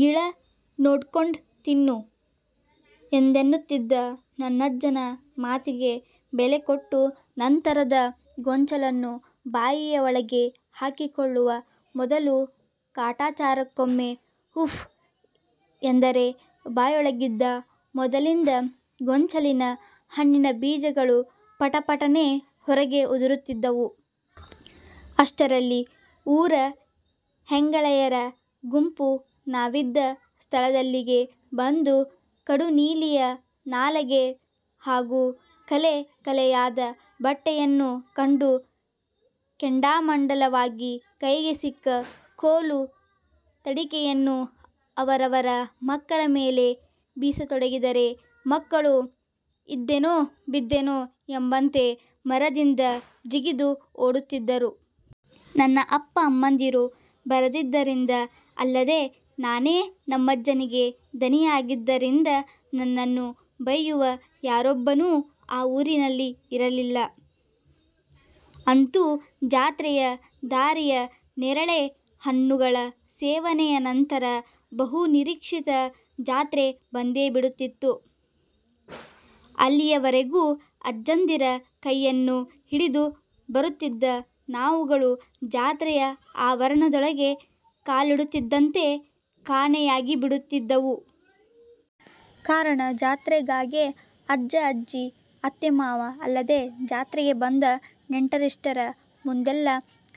ಗಿಳ ನೋಡ್ಕಂಡ್ ತಿನ್ನು' ಎಂದನ್ನುತಿದ್ದ ನನ್ನಜ್ಜನ ಮಾತಿಗೆ ಬೆಲೆಕೊಟ್ಟು ನಂತರದ ಗೊಂಚಲನ್ನು ಬಾಯಿಯ ಒಳಗೆ ಹಾಕಿಕೊಳ್ಳುವ ಮೊದಲು ಕಾಟಾಚಾರಕ್ಕೊಮ್ಮೆ 'ಊಫ್' ಎಂದರೆ ಬಾಯೊಳಗಿದ್ದ ಮೊದಲಿಂದ ಗೊಂಚಲಿನ ಹಣ್ಣಿನ ಬೀಜಗಳು ಪಟಪಟನೆ ಹೊರಗೆ ಉದುರುತಿದ್ದವು. ಅಷ್ಟರಲ್ಲಿ ಊರ ಹೆಂಗಳೆಯರ ಗುಂಪು ನಾವಿದ್ದ ಸ್ಥಳದಲ್ಲಿಗೆ ಬಂದು ಕಡುನೀಲಿಯ ನಾಲಗೆ ಹಾಗು ಕಲೆ ಕಲೆಯಾದ ಬಟ್ಟೆಯನ್ನು ಕಂಡು ಕೆಂಡಾಮಂಡಲವಾಗಿ ಕೈಗೆ ಸಿಕ್ಕ ಕೋಲು ತಡಿಕೆಯನ್ನು ಅವರವರ ಮಕ್ಕಳ ಮೇಲೆ ಬೀಸತೊಡಗಿದರೆ ಮಕ್ಕಳು ಇದ್ದೆನೋ ಬಿದ್ದೆನೋ ಎಂಬಂತೆ ಮರದದಿಂದ ಜಿಗಿದು ಓಡುತಿದ್ದರು. ನನ್ನ ಅಪ್ಪ ಅಮ್ಮಂದಿರು ಬರದಿದ್ದರಿಂದ, ಅಲ್ಲದೆ ನಾನೇ ನಮ್ಮಜ್ಜನಿಗೆ ದಣಿಯಾಗಿದ್ದರಿಂದ ನನ್ನನ್ನು ಬೈಯುವ ಯಾರೊಬ್ಬನೂ ಆ ಊರಿನಲ್ಲಿ ಇರಲಿಲ್ಲ. ಅಂತೂ ಜಾತ್ರೆಯ ದಾರಿಯ ನೇರಳೆ ಹಣ್ಣುಗಳ ಸೇವನೆಯ ನಂತರ ಬಹು ನಿರೀಕ್ಷಿತ ಜಾತ್ರೆ ಬಂದೇ ಬಿಡುತಿತ್ತು. ಅಲ್ಲಿಯವರೆಗೂ ಅಜ್ಜಂದಿರ ಕೈಯನ್ನು ಹಿಡಿದು ಬರುತಿದ್ದ ನಾವುಗಳು ಜಾತ್ರೆಯ ಆವರಣದೊಳಗೆ ಕಾಲಿಡುತ್ತಿದ್ದಂತೆ ಕಾಣೆಯಾಗಿಬಿಡುತಿದ್ದವು. ಕಾರಣ ಜಾತ್ರೆಗಾಗೇ ಅಜ್ಜ, ಅಜ್ಜಿ, ಅತ್ತೆ ಮಾವ ಅಲ್ಲದೆ ಜಾತ್ರೆಗೆ ಬಂದ ನೆಂಟರಿಷ್ಟರ ಮುಂದೆಲ್ಲ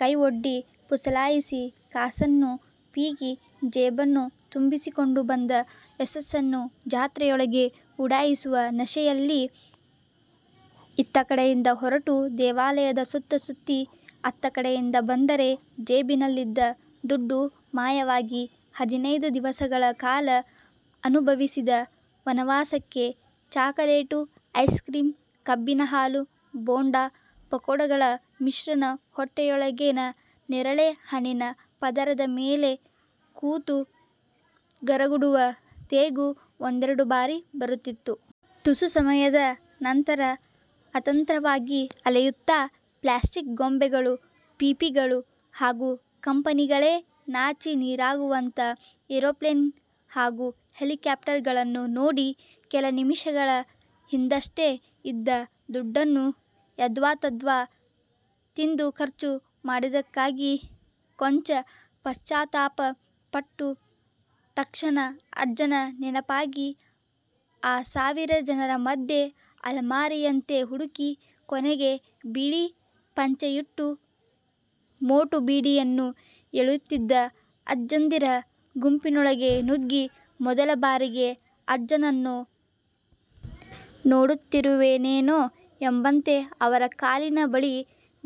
ಕೈ ಒಡ್ಡಿ, ಪುಸಲಾಯಿಸಿ ಕಾಸನ್ನು ಪೀಕಿ, ಜೇಬನ್ನು ತುಂಬಿಸಿಕೊಂಡು ಬಂದ ಯಶಸ್ಸನ್ನು ಜಾತ್ರೆಯೊಳಗೆ ಉಡಾಯಿಸುವ ನಶೆಯಲ್ಲಿ. ಇತ್ತ ಕಡೆಯಿಂದ ಹೊರಟು ದೇವಾಲಯದ ಸುತ್ತ ಸುತ್ತಿ ಅತ್ತ ಕಡೆಯಿಂದ ಬಂದರೆ ಜೇಬಿನಲ್ಲಿದ್ದ ದುಡ್ಡು ಮಾಯವಾಗಿ, ಹದಿನೈದು ದಿವಸಗಳ ಕಾಲ ಅನುಭವಿಸಿದ ವನವಾಸಕ್ಕೆ ಚಾಕಲೇಟು, ಐಸ್ ಕ್ರೀಮ್, ಕಬ್ಬಿನ ಹಾಲು, ಬೋಂಡಾ ಪಕೋಡಗಳ ಮಿಶ್ರಣ ಹೊಟ್ಟೆಯೊಳಗಿನ ನೇರಳೆ ಹಣ್ಣಿನ ಪದರದ ಮೇಲೆ ಕೂತು ಗರಗುಡುವ ತೇಗು ಒಂದೆರೆಡು ಬಾರಿ ಬರುತ್ತಿತ್ತು. ತುಸು ಸಮಯದ ನಂತರ ಅತಂತ್ರವಾಗಿ ಅಲೆಯುತ್ತಾ ಪ್ಲಾಸ್ಟಿಕ್ ಗೊಂಬೆಗಳು, ಪೀಪಿಗಳು ಹಾಗು ಕಂಪನಿಗಳೇ ನಾಚಿ ನೀರಾಗುವಂತ ಏರೋಪ್ಲೇನ್ ಹಾಗು ಹೆಲಿಕ್ಯಾಪ್ಟಾರ್ ಗಳನ್ನು ನೋಡಿ, ಕೆಲ ನಿಮಿಷಗಳ ಹಿಂದಷ್ಟೇ ಇದ್ದ ದುಡ್ಡನ್ನು ಎದ್ವಾ-ತದ್ವಾ ತಿಂದು ಖರ್ಚು ಮಾಡಿದಕ್ಕಾಗಿ ಕೊಂಚ ಪಶ್ಚಾತಾಪ ಪಟ್ಟು, ತಕ್ಷಣ ಅಜ್ಜನ ನೆನಪಾಗಿ, ಆ ಸಾವಿರ ಜನರ ಮದ್ಯೆ ಅಲೆಮಾರಿಯಂತೆ ಹುಡುಕಿ ಕೊನೆಗೆ ಬಿಳಿ ಪಂಚೆಯುಟ್ಟು, ಮೋಟು ಬೀಡಿಯನ್ನು ಎಳೆಯುತಿದ್ದ ಅಜ್ಜಂದಿರ ಗುಂಪಿನೊಳಗೆ ನುಗ್ಗಿ ಮೊದಲ ಬಾರಿಗೆ ಅಜ್ಜನನ್ನು ನೋಡುತ್ತಿರುವೆನೇನೋ ಎಂಬಂತೆ ಅವರ ಕಾಲಿನ ಬಳಿ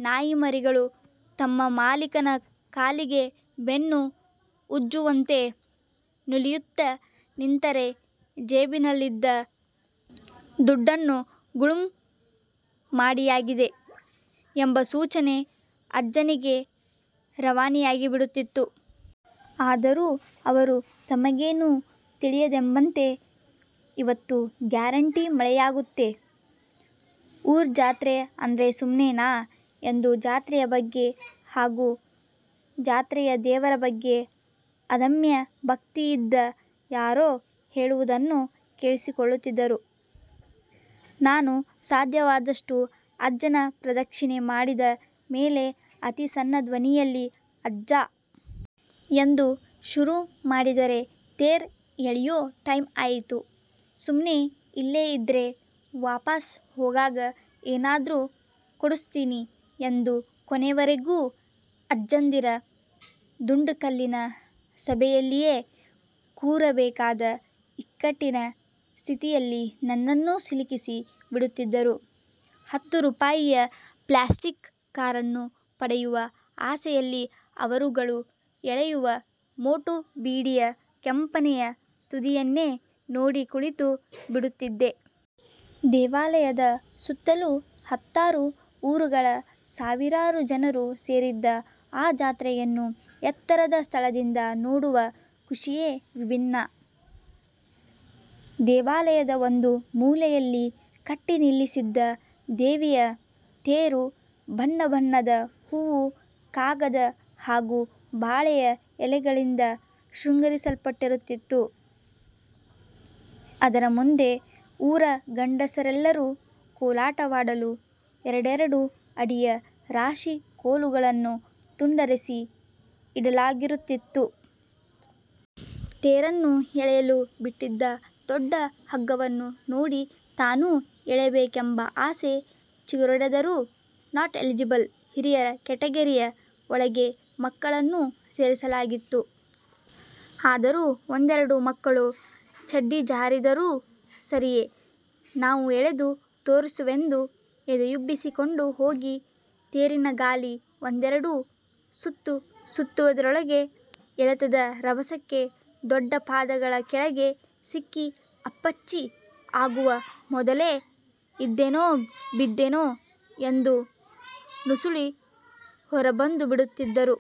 ನಾಯಿಮರಿಗಳು ತಮ್ಮ ಮಾಲೀಕನ ಕಾಲಿಗೆ ಬೆನ್ನು ಉಜ್ಜುವಂತೆ ನುಲಿಯುತ್ತ ನಿಂತರೆ 'ಜೇಬಿನಲ್ಲಿದ್ದ ದುಡ್ಡನ್ನು ಗುಳುಂ ಮಾಡಿಯಾಗಿದೆ' ಎಂಬ ಸೂಚನೆ ಅಜ್ಜನಿಗೆ ರವಾನೆಯಾಗಿಬಿಡುತ್ತಿತ್ತು. ಆದರೂ ಅವರು ತಮಗೇನು ತಿಳಿಯದೆಂಬಂತೆ 'ಇವತ್ತು ಗ್ಯಾರಂಟಿ ಮಳೆಯಾಗುತ್ತೆ. ಊರ್ ಜಾತ್ರೆ ಅಂದ್ರೆ ಸುಮ್ನೇನಾ' ಎಂದು ಜಾತ್ರೆಯ ಬಗ್ಗೆ ಹಾಗು ಜಾತ್ರೆಯ ದೇವರ ಬಗ್ಗೆ ಅಧಮ್ಯ ಭಕ್ತಿಯಿದ್ದ ಯಾರೋ ಹೇಳುವುದನ್ನು ಕೇಳಿಸಿಕೊಳ್ಳುತ್ತಿದ್ದರು. ನಾನು ಸಾಧ್ಯವಾದಷ್ಟು ಅಜ್ಜನ ಪ್ರದಕ್ಷಿಣೆ ಮಾಡಿದ ಮೇಲೆ ಅತಿ ಸಣ್ಣ ಧ್ವನಿಯಲ್ಲಿ 'ಅಜ್ಜಾ. 'ಎಂದು ಶುರು ಮಾಡಿದರೆ 'ತೇರ್ ಎಳಿಯೋ ಟೈಮ್ ಆಯಿತು. ಸುಮ್ನೆ ಇಲ್ಲೇ ಇದ್ರೆ ವಾಪಾಸ್ ಹೋಗಾಗ ಏನಾದ್ರು ಕೊಡುಸ್ತೀನಿ' ಎಂದು ಕೊನೆಯವರೆಗೂ ಅಜ್ಜಂದಿರ ದುಂಡುಕಲ್ಲಿನ ಸಭೆಯಲ್ಲಿಯೇ ಕೂರಬೇಕಾದ ಇಕ್ಕಟಿನ ಸ್ಥಿತಿಯಲ್ಲಿ ನನ್ನನು ಸಿಲುಕಿಸಿ ಬಿಡುತ್ತಿದ್ದರು. ಹತ್ತು ರೂಪಾಯಿಯ ಪ್ಲಾಸ್ಟಿಕ್ ಕಾರನ್ನು ಪಡೆಯುವ ಆಸೆಯಲ್ಲಿ ಅವರುಗಳು ಎಳೆಯುವ ಮೋಟು ಬೀಡಿಯ ಕೆಂಪನೆಯ ತುದಿಯನ್ನೇ ನೋಡಿ ಕುಳಿತು ಬಿಡುತ್ತಿದ್ದೆ. ದೇವಾಲಯದ ಸುತ್ತಲೂ ಹತ್ತಾರು ಊರುಗಳ ಸಾವಿರಾರು ಜನರು ಸೇರಿದ್ದ ಆ ಜಾತ್ರೆಯನ್ನು ಎತ್ತರದ ಸ್ಥಳದಿಂದ ನೋಡುವ ಖುಷಿಯೇ ವಿಭಿನ್ನ. ದೇವಾಲಯದ ಒಂದು ಮೂಲೆಯಲ್ಲಿ ಕಟ್ಟಿ ನಿಲ್ಲಿಸಿದ್ದ ದೇವಿಯ ತೇರು ಬಣ್ಣ ಬಣ್ಣದ ಹೂವು, ಕಾಗದ ಹಾಗು ಬಾಳೆಯ ಎಲೆಗಳಿಂದ ಶೃಂಗರಿಸಲ್ಪಟ್ಟಿರುತ್ತಿತು. ಅದರ ಮುಂದೆ ಊರ ಗಂಡಸರೆಲ್ಲರು ಕೋಲಾಟವಾಡಲು ಎರೆಡೆರೆಡು ಅಡಿಯ ರಾಶಿ ಕೋಲುಗಳನ್ನು ತುಂಡರಿಸಿ ಇಡಲಾಗಿರುತ್ತಿತು. ತೇರನ್ನು ಎಳೆಯಲು ಬಿಟ್ಟಿದ್ದ ದೊಡ್ಡ ಹಗ್ಗವನ್ನು ನೋಡಿ ತಾನೂ ಎಳೆಯಬೇಕೆಂಬ ಆಸೆ ಚಿಗುರೊಡೆದರೂ, ನಾಟ್-ಎಲಿಜಿಬಲ್ ಹಿರಿಯರ ಕೆಟಗೆರಿಯ ಒಳಗೆ ಮಕ್ಕಳನ್ನೂ ಸೇರಿಸಲಾಗಿತ್ತು. ಆದರೂ ಒಂದೆರೆಡು ಮಕ್ಕಳು ಚಡ್ಡಿ ಜಾರಿದರೂ ಸರಿಯೇ ನಾವು ಎಳೆದು ತೋರಿಸುವೆಂದು ಎದೆಯುಬ್ಬಿಸಿಕೊಂಡು ಹೋಗಿ ತೇರಿನ ಗಾಲಿ ಒಂದೆರೆಡು ಸುತ್ತು ಸುತ್ತುವುದರೊಳಗೆ ಎಳೆತದ ರಭಸಕ್ಕೆ ದೊಡ್ಡ ಪಾದಗಳ ಕೆಳಗೆ ಸಿಕ್ಕಿ ಅಪ್ಪಚ್ಚಿ ಆಗುವ ಮೊದಲೇ ಇದ್ದೆನೋ ಬಿದ್ದೆನೋ ಎಂದು ನುಸುಳಿ ಹೊರಬಂದುಬಿಡುತ್ತಿದ್ದರು.